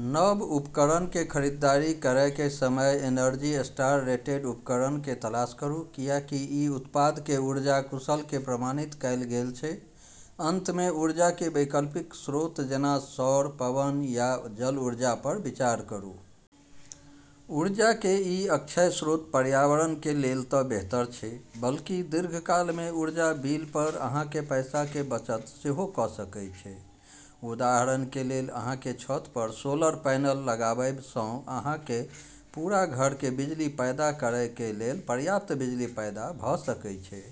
नव उपकरण के खरीदारी करय के समय एनर्जी स्टार रेटेड उपकरण के तलाश करू, कियाकि ई उत्पाद के ऊर्जा कुशल के प्रमाणित कैल गेल छै। अंत मे ऊर्जा के वैकल्पिक स्रोत जेना सौर, पवन या जल ऊर्जा पर विचार करू। ऊर्जा के ई अक्षय स्रोत पर्यावरण के लेल तऽ बेहतर छै, बल्कि दीर्घकाल मे ऊर्जा बिल पर अहाँ के पैसा के बचत सेहो कऽ सकय छै। उदाहरण के लेल, अहाँ के छत पर सोलर पैनल लगावय सँ अहाँ के पूरा घर के बिजली पैदा करय के लेल पर्याप्त बिजली पैदा भऽ सकय छै,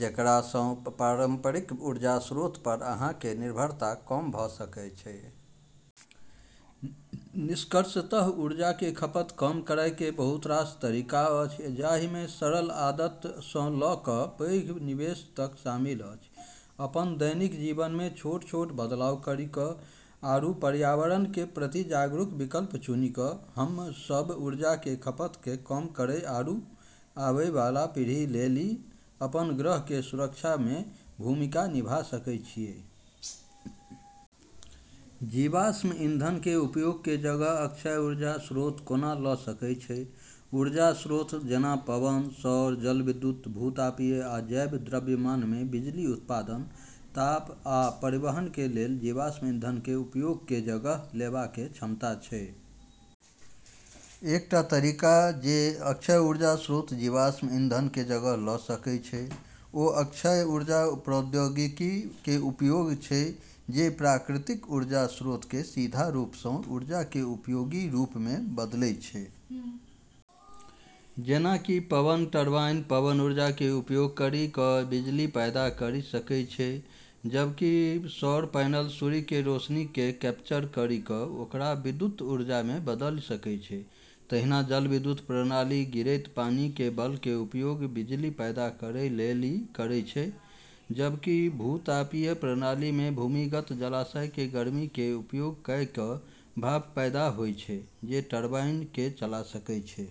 जेकरा सँ पारंपरिक ऊर्जा स्रोत पर अहाँ के निर्भरता कम भऽ सकय छै। निष्कर्षतः ऊर्जा के खपत कम करय के बहुत रास तरीका अछि, जाहि मे सरल आदत सँ लऽ कऽ पैघ निवेश तक शामिल अछि। अपन दैनिक जीवन मे छोट-छोट बदलाव करी कऽ, आरू पर्यावरण के प्रति जागरूक विकल्प चुनी कऽ, हम्मं सब ऊर्जा के खपत के कम करै आरू आबै वाला पीढ़ी लेली अपन ग्रह के सुरक्षा मे भूमिका निभा सकै छियै। जीवाश्म ईंधन के उपयोग के जगह अक्षय ऊर्जा स्रोत कोना लऽ सकय छै? अक्षय ऊर्जा स्रोत जेना पवन, सौर, जलविद्युत, भू-तापीय, आ जैव द्रव्यमान मे बिजली उत्पादन, ताप, आ परिवहन के लेल जीवाश्म ईंधन के उपयोग के जगह लेवा के क्षमता छै। एकटा तरीका जे अक्षय ऊर्जा स्रोत जीवाश्म ईंधन के जगह लऽ सकय छै, ओ अक्षय ऊर्जा प्रौद्योगिकी के उपयोग छै जे प्राकृतिक ऊर्जा स्रोत के सीधा रूप सँ ऊर्जा के उपयोगी रूप मे बदलै छै। जेना कि पवन टरबाइन पवन ऊर्जा के उपयोग करी कऽ बिजली पैदा करी सकै छै, जबकि सौर पैनल सूर्य के रोशनी के कैप्चर करी कऽ ओकरा विद्युत ऊर्जा मे बदली सकै छै। तहिना जलविद्युत प्रणाली गिरैत पानि के बल के उपयोग बिजली पैदा करै लेली करै छै, जबकि भू-तापीय प्रणाली मे भूमिगत जलाशय के गर्मी के उपयोग कए कऽ भाप पैदा होय छै जे टरबाइन के चला सकै छै।